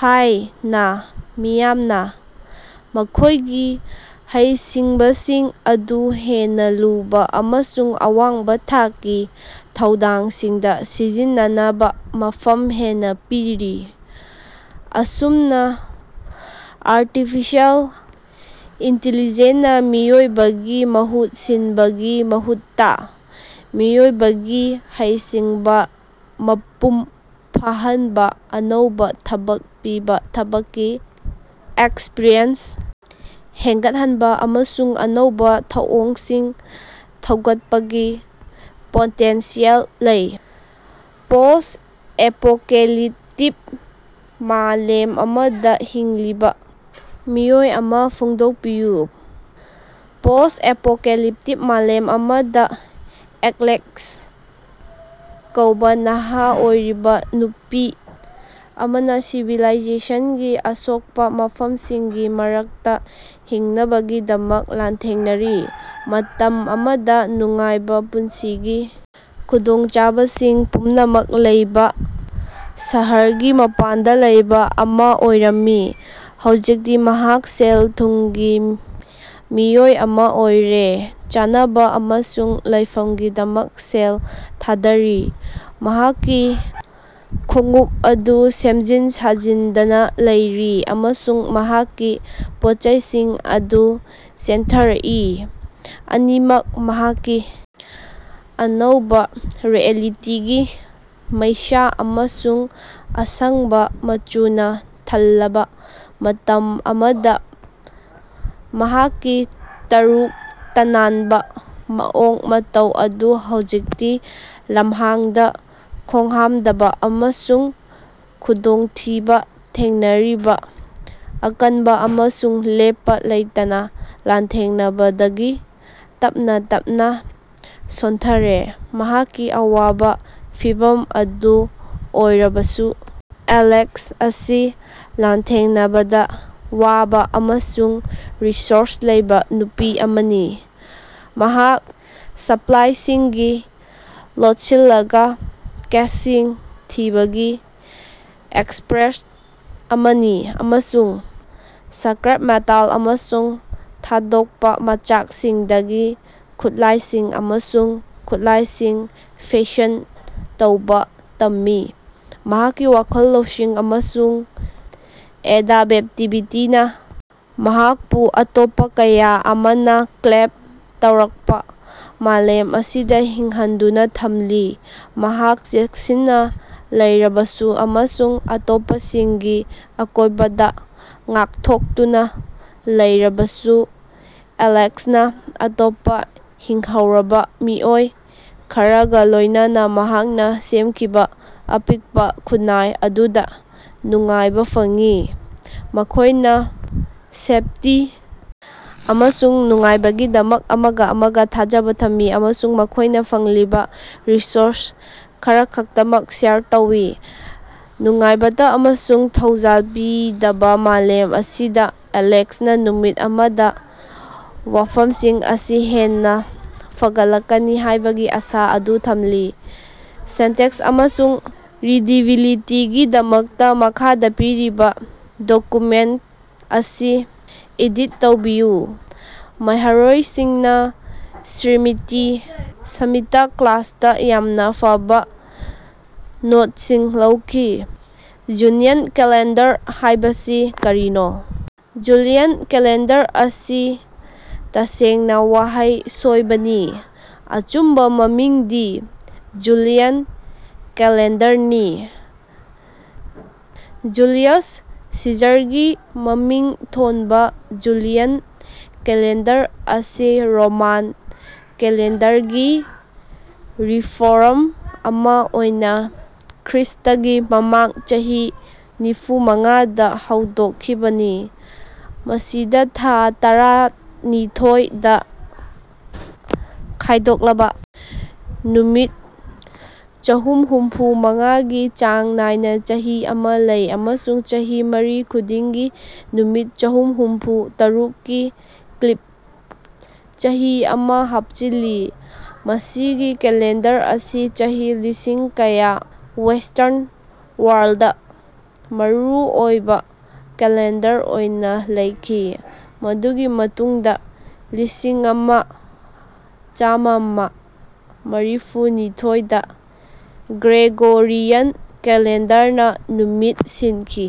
ꯍꯥꯏ. ꯅ ꯃꯤꯌꯥꯝꯅ ꯃꯈꯣꯏꯒꯤ ꯍꯩꯁꯤꯡꯕꯁꯤꯡ ꯑꯗꯨ ꯍꯦꯟꯅ ꯂꯨꯕ ꯑꯃꯁꯨꯡ ꯑꯋꯥꯡꯕ ꯊꯥꯛꯀꯤ ꯊꯧꯗꯥꯡꯁꯤꯡꯗ ꯁꯤꯖꯤꯟꯅꯅꯕ ꯃꯐꯝ ꯍꯦꯟꯅ ꯄꯤꯔꯤ꯫ ꯑꯁꯨꯝꯅ ꯑꯥꯔꯇꯤꯐꯤꯁꯦꯜ ꯏꯟꯇꯤꯂꯤꯖꯦꯟ ꯅ ꯃꯤꯑꯣꯏꯕꯒꯤ ꯃꯍꯨꯠ ꯁꯤꯟꯕꯒꯤ ꯃꯍꯨꯠꯇ ꯃꯤꯑꯣꯏꯕꯒꯤ ꯍꯩꯁꯤꯡꯕ ꯃꯄꯨꯡ ꯐꯥꯍꯟꯕ, ꯑꯅꯧꯕ ꯊꯕꯛ ꯄꯤꯕ, ꯊꯕꯛꯀꯤ ꯑꯦꯛꯁꯄ꯭ꯔꯤꯌꯦꯟꯁ ꯍꯦꯟꯒꯠꯍꯟꯕ, ꯑꯃꯁꯨꯡ ꯑꯅꯧꯕ ꯊꯧꯑꯣꯡꯁꯤꯡ ꯊꯧꯒꯠꯄꯒꯤ ꯄꯣꯇꯦꯟꯁꯤꯌꯦꯜ ꯂꯩ꯫ ꯄꯣꯁ-ꯑꯦꯄꯣꯀꯦꯂꯤꯞꯇꯤꯛ ꯃꯥꯂꯦꯝ ꯑꯃꯗ ꯍꯤꯡꯂꯤꯕ ꯃꯤꯑꯣꯏ ꯑꯃ ꯐꯣꯡꯗꯣꯛꯄꯤꯌꯨ꯫ ꯄꯣꯁ-ꯑꯦꯄꯣꯀꯦꯂꯤꯞꯇꯤꯛ ꯃꯥꯂꯦꯝ ꯑꯃꯗ, ꯑꯦꯂꯦꯛꯁ ꯀꯧꯕ ꯅꯍꯥ ꯑꯣꯏꯔꯤꯕ ꯅꯨꯄꯤ ꯑꯃꯅ ꯁꯤꯚꯤꯂꯥꯏꯖꯦꯁꯟꯒꯤ ꯑꯁꯣꯛꯄ ꯃꯐꯝꯁꯤꯡꯒꯤ ꯃꯔꯛꯇ ꯍꯤꯡꯅꯕꯒꯤꯗꯃꯛ ꯂꯥꯟꯊꯦꯡꯅꯔꯤ꯫ ꯃꯇꯝ ꯑꯃꯗ ꯅꯨꯡꯉꯥꯏꯕ ꯄꯨꯟꯁꯤꯒꯤ ꯈꯨꯗꯣꯡꯆꯥꯕꯁꯤꯡ ꯄꯨꯝꯅꯃꯛ ꯂꯩꯕ ꯁꯍꯔꯒꯤ ꯃꯄꯥꯟꯗ ꯂꯩꯕ ꯑꯃ ꯑꯣꯏꯔꯝꯃꯤ, ꯍꯧꯖꯤꯛꯇꯤ ꯃꯍꯥꯛ ꯁꯦꯜ ꯊꯨꯝꯒꯤ ꯃꯤꯑꯣꯏ ꯑꯃ ꯑꯣꯏꯔꯦ, ꯆꯥꯅꯕ ꯑꯃꯁꯨꯡ ꯂꯩꯐꯝꯒꯤꯗꯃꯛ ꯁꯦꯜ ꯊꯥꯗꯔꯤ꯫ ꯃꯍꯥꯛꯀꯤ ꯈꯣꯡꯎꯞ ꯑꯗꯨ ꯁꯦꯝꯖꯤꯟ ꯁꯥꯖꯤꯟꯗꯅ ꯂꯩꯔꯤ ꯑꯃꯁꯨꯡ ꯃꯍꯥꯛꯀꯤ ꯄꯣꯠꯆꯩꯁꯤꯡ ꯑꯗꯨ ꯆꯦꯟꯊꯔꯛꯏ, ꯑꯅꯤꯃꯛ ꯃꯍꯥꯛꯀꯤ ꯑꯅꯧꯕ ꯔꯤꯑꯦꯂꯤꯇꯤꯒꯤ ꯃꯩꯁꯥ ꯑꯃꯁꯨꯡ ꯑꯁꯪꯕ ꯃꯆꯨꯅ ꯊꯜꯂꯕ꯫ ꯃꯇꯝ ꯑꯃꯗ ꯃꯍꯥꯛꯀꯤ ꯇꯔꯨ ꯇꯅꯥꯟꯕ ꯃꯑꯣꯡ ꯃꯇꯧ ꯑꯗꯨ ꯍꯧꯖꯤꯛꯇꯤ ꯂꯝꯍꯥꯡꯗ ꯈꯣꯡꯍꯥꯝꯗꯕ ꯑꯃꯁꯨꯡ ꯈꯨꯗꯣꯡꯊꯤꯕ ꯊꯦꯡꯅꯔꯤꯕ ꯑꯀꯟꯕ ꯑꯃꯁꯨꯡ ꯂꯦꯞꯄ ꯂꯩꯇꯅ ꯂꯥꯟꯊꯦꯡꯅꯕꯗꯒꯤ ꯇꯞꯅ-ꯇꯞꯅ ꯁꯣꯟꯊꯔꯦ꯫ ꯃꯍꯥꯛꯀꯤ ꯑꯋꯥꯕ ꯐꯤꯚꯝ ꯑꯗꯨ ꯑꯣꯏꯔꯕꯁꯨ, ꯑꯦꯂꯦꯛꯁ ꯑꯁꯤ ꯂꯥꯟꯊꯦꯡꯅꯕꯗ ꯋꯥꯕ ꯑꯃꯁꯨꯡ ꯔꯤꯁꯣꯔꯁ ꯂꯩꯕ ꯅꯨꯄꯤ ꯑꯃꯅꯤ꯫ ꯃꯍꯥꯛ ꯁ꯭ꯄꯂꯥꯏꯁꯤꯡꯒꯤ ꯂꯣꯠꯁꯤꯜꯂꯕ ꯀꯦꯁꯁꯤꯡ ꯊꯤꯕꯒꯤ ꯑꯦꯛꯁꯄꯔꯠ ꯑꯃꯅꯤ, ꯑꯃꯁꯨꯡ ꯁ꯭ꯀꯔꯦꯞ ꯃꯦꯇꯜ ꯑꯃꯁꯨꯡ ꯊꯥꯗꯣꯛꯄ ꯃꯆꯥꯛꯁꯤꯡꯗꯒꯤ ꯈꯨꯠꯂꯥꯏꯁꯤꯡ ꯑꯃꯁꯨꯡ ꯈꯨꯠꯂꯥꯏꯁꯤꯡ ꯐꯦꯁꯟ ꯇꯧꯕ ꯇꯝꯈꯤ꯫ ꯃꯍꯥꯛꯀꯤ ꯋꯥꯈꯜ ꯂꯧꯁꯤꯡ ꯑꯃꯁꯨꯡ ꯑꯦꯗꯕꯦꯛꯇꯤꯕꯤꯇꯤꯅ ꯃꯍꯥꯛꯄꯨ ꯑꯇꯣꯞꯄ ꯀꯌꯥ ꯑꯃꯅ ꯀ꯭ꯂꯦꯝ ꯇꯧꯔꯛꯄ ꯃꯥꯂꯦꯝ ꯑꯁꯤꯗ ꯍꯤꯡꯍꯟꯗꯨꯅ ꯊꯝꯂꯤ꯫ ꯃꯍꯥꯛ ꯆꯦꯛꯁꯤꯟꯅ ꯂꯩꯔꯕꯁꯨ ꯑꯃꯁꯨꯡ ꯑꯇꯣꯞꯄꯁꯤꯡꯒꯤ ꯑꯀꯣꯏꯕꯗ ꯉꯥꯛꯊꯣꯛꯇꯨꯅ ꯂꯩꯔꯕꯁꯨ, ꯑꯦꯂꯦꯛꯁꯅ ꯑꯇꯣꯞꯄ ꯍꯤꯡꯍꯧꯔꯕ ꯃꯤꯑꯣꯏ ꯈꯔꯒ ꯂꯣꯏꯅꯅ ꯃꯍꯥꯛꯅ ꯁꯦꯝꯈꯤꯕ ꯑꯄꯤꯛꯄ ꯈꯨꯟꯅꯥꯏ ꯑꯗꯨꯗ ꯅꯨꯡꯉꯥꯏꯕ ꯐꯪꯏ꯫ ꯃꯈꯣꯏꯅ ꯁꯦꯐꯇꯤ ꯑꯃꯁꯨꯡ ꯅꯨꯡꯉꯥꯏꯕꯒꯤꯗꯃꯛ ꯑꯃꯒ-ꯑꯃꯒ ꯊꯥꯖꯕ ꯊꯝꯃꯤ, ꯑꯃꯁꯨꯡ ꯃꯈꯣꯏꯅ ꯐꯪꯂꯤꯕ ꯔꯤꯁꯣꯔꯁ ꯈꯔꯈꯛꯇꯃꯛ ꯁꯦꯌꯔ ꯇꯧꯏ꯫ ꯅꯨꯡꯉꯥꯏꯇꯕ ꯑꯃꯁꯨꯡ ꯊꯧꯖꯥꯜ ꯄꯤꯗꯕ ꯃꯥꯂꯦꯝ ꯑꯁꯤꯗ, ꯑꯦꯂꯦꯛꯁꯅ ꯅꯨꯃꯤꯠ ꯑꯃꯗ, ꯋꯥꯐꯝꯁꯤꯡ ꯑꯁꯤ ꯍꯦꯟꯅ ꯐꯒꯠꯂꯛꯀꯅꯤ ꯍꯥꯏꯕꯒꯤ ꯑꯁꯥ ꯑꯗꯨ ꯊꯝꯂꯤ꯫ ꯁꯤꯟꯇꯦꯛꯁ ꯑꯃꯁꯨꯡ ꯔꯤꯗꯤꯕꯤꯂꯤꯇꯤꯒꯤꯗꯃꯛꯇꯥ ꯃꯈꯥꯗ ꯄꯤꯔꯤꯕ ꯗꯣꯀ꯭ꯌꯨꯃꯦꯟꯠ ꯑꯁꯤ ꯑꯦꯗꯤꯠ ꯇꯧꯕꯤꯌꯨ: ꯃꯍꯩꯔꯣꯏꯁꯤꯡꯅ ꯁ꯭ꯔꯤꯃꯇꯤ ꯁ꯭ꯃꯤꯊ ꯀ꯭ꯂꯥꯁꯇꯥ ꯌꯥꯝꯅ ꯐꯕ ꯅꯣꯠꯁꯤꯡ ꯂꯧꯈꯤ꯫ ꯖꯨꯅꯤꯌꯟ ꯀꯦꯂꯦꯟꯗꯔ ꯍꯥꯏꯕꯁꯤ ꯀꯔꯤꯅꯣ? ꯖꯨꯅꯤꯌꯟ ꯀꯦꯂꯦꯟꯗꯔ ꯑꯁꯤ ꯇꯁꯦꯡꯅ ꯋꯥꯍꯩ ꯁꯣꯏꯕꯅꯤ ꯑꯆꯨꯝꯕ ꯃꯃꯤꯡꯗꯤ ꯖꯨꯂꯤꯌꯟ ꯀꯦꯂꯦꯟꯗꯔꯅꯤ꯫ ꯖꯨꯂꯤꯌꯁ ꯁꯤꯖꯔꯒꯤ ꯃꯃꯤꯡ ꯊꯣꯟꯕ ꯖꯨꯂꯤꯌꯟ ꯀꯦꯂꯦꯟꯗꯔ ꯑꯁꯤ ꯔꯣꯃꯥꯟ ꯀꯦꯂꯦꯟꯗꯔꯒꯤ ꯔꯤꯐꯣꯔꯝ ꯑꯃ ꯑꯣꯏꯅ ꯈ꯭ꯔꯤꯁꯇꯒꯤ ꯃꯃꯥꯡ ꯆꯍꯤ ꯅꯤꯐꯨꯃꯉꯥ ꯗ ꯍꯧꯗꯣꯛꯈꯤꯕꯅꯤ꯫ ꯃꯁꯤꯗ ꯊꯥ ꯇꯔꯥꯅꯤꯊꯣꯏ ꯗ ꯈꯥꯏꯗꯣꯛꯂꯕ ꯅꯨꯃꯤꯠ ꯆꯍꯨꯝꯍꯨꯝꯐꯨ-ꯃꯉꯥ ꯒꯤ ꯆꯥꯡ ꯅꯥꯏꯅ ꯆꯍꯤ ꯑꯃ ꯂꯩ, ꯑꯃꯁꯨꯡ ꯆꯍꯤ ꯃꯔꯤ ꯈꯨꯗꯤꯡꯒꯤ ꯅꯨꯃꯤꯠ ꯆꯍꯨꯝꯍꯨꯝꯐꯨ-ꯇꯔꯨꯛ ꯀꯤ ꯂꯤꯞ ꯆꯍꯤ ꯑꯃ ꯍꯥꯞꯆꯤꯟꯂꯤ꯫ ꯃꯁꯤꯒꯤ ꯀꯦꯂꯦꯟꯗꯔ ꯑꯁꯤ ꯆꯍꯤ ꯂꯤꯁꯤꯡ ꯀꯌꯥ ꯋꯦꯁ꯭ꯇꯔꯟ ꯋꯥꯔꯜꯗ ꯃꯔꯨ ꯑꯣꯏꯕ ꯀꯦꯂꯦꯟꯗꯔ ꯑꯣꯏꯅ ꯂꯩꯈꯤ, ꯃꯗꯨꯒꯤ ꯃꯇꯨꯡꯗ ꯂꯤꯁꯤꯡꯑꯃ ꯆꯃꯉꯥ ꯃꯔꯤꯐꯨꯅꯤꯊꯣꯏ ꯗ ꯒ꯭ꯔꯦꯒꯣꯔꯤꯌꯟ ꯀꯦꯂꯦꯟꯗꯔꯅ ꯃꯍꯨꯠ ꯁꯤꯟꯈꯤ꯫